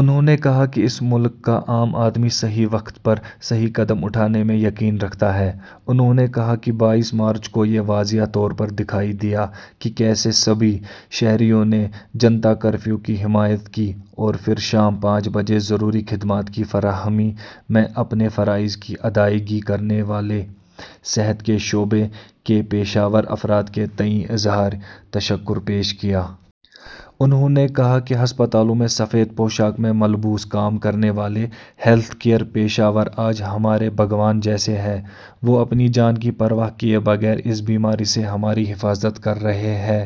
انہوں نے کہا کہ اس ملک کا عام آدمی صحیح وقت پر صحیح قدم اٹھانے میں یقین رکھتا ہے۔ انہوں نے کہا کہ بائیس مارچ کو یہ واضح طور پر دکھائی دیا کہ کیسے سبھی شہریوں نے جنتا کرفیو کی حمایت کی اور پھر شام پانچ بجے ضروری خدمات کی فراہمی میں اپنے فرائض کی ادائیگی کرنے والے صحت کے شعبے کے پیشہ ور افراد کے تئیں اظہار تشکر پیش کیا۔ انہوں نے کہا کہ ہسپتالوں میں سفید پوشاک میں ملبوس کام کرنے والے ہیلتھ کیئر پیشہ ور آج ہمارے بھگوان جیسے ہیں۔ وہ اپنی جان کی پرواہ کیے بغیر اس بیماری سے ہماری حفاظت کر رہے ہیں۔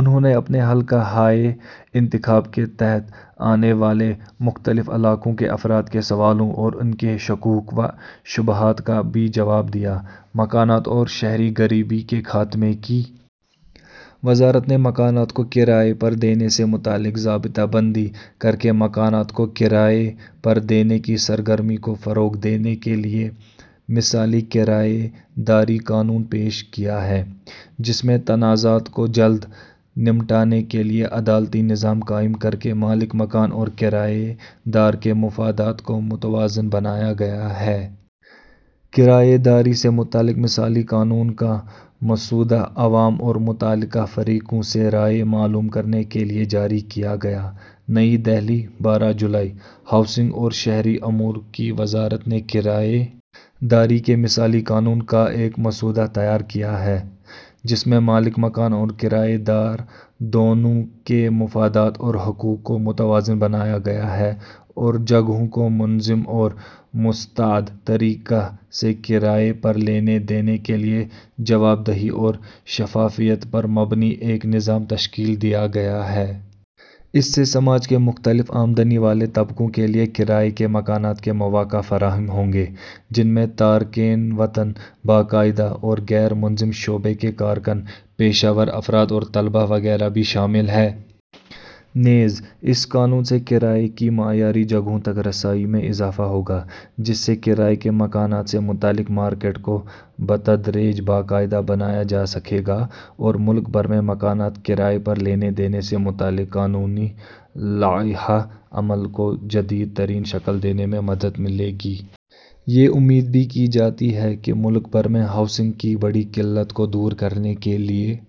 انہوں نے اپنے حلقہ ہائے انتخاب کے تحت آنے والے مختلف علاقوں کے افراد کے سوالوں اور ان کے شکوک و شبہات کا بھی جواب دیا۔ مکانات اور شہری غریبی کے خاتمے کی وزارت نے مکانات کو کرائے پر دینے سے متعلق ضابطہ بندی کرکے مکانات کو کرائے پر دینے کی سرگرمی کو فروغ دینے کے لیے مثالی کرائے داری قانون پیش کیا ہے، جس میں تنازعات کو جلد نمٹانے کے لیے عدالتی نظام قائم کرکے مالک مکان اور کرائے دار کے مفادات کو متوازن بنایا گیا ہے۔ کرائے داری سے متعلق مثالی قانون کا مسودہ عوام اور متعلقہ فریقوں سے رائے معلوم کرنے کے لیے جاری کیا گیا۔ نئی دہلی، بارہ جولائی۔ ہاؤسنگ اور شہری امور کی وزارت نے کرائے داری کے مثالی قانون کا ایک مسودہ تیار کیا ہے، جس میں مالک مکان اور کرائے دار دونوں کے مفادات اور حقوق کو متوازن بنایا گیا ہے اور جگہوں کو منظم اور مستعد طریقے سے کرائے پر لینے دینے کے لیے جواب دہی اور شفافیت پر مبنی ایک نظام تشکیل دیا گیا ہے۔ اس سے سماج کے مختلف آمدنی والے طبقوں کے لیے کرائے کے مکانات کے مواقع فراہم ہوں گے، جن میں تارکین وطن، باقاعدہ اور غیر منظم شعبے کے کارکن، پیشہ ور افراد اور طلبا وغیرہ بھی شامل ہیں۔ نیز، اس قانون سے کرائے کی معیاری جگہوں تک رسائی میں اضافہ ہوگا، جس سے کرائے کے مکانات سے متعلق مارکیٹ کو بتدریج باقاعدہ بنایا جا سکے گا اور ملک بھر میں مکانات کرائے پر لینے دینے سے متعلق قانونی لائحہ عمل کو جدید ترین شکل دینے میں مدد ملے گی۔ یہ امید بھی کی جاتی ہے کہ ملک بھر میں ہاؤسنگ کی بڑی قلت کو دور کرنے کے لیے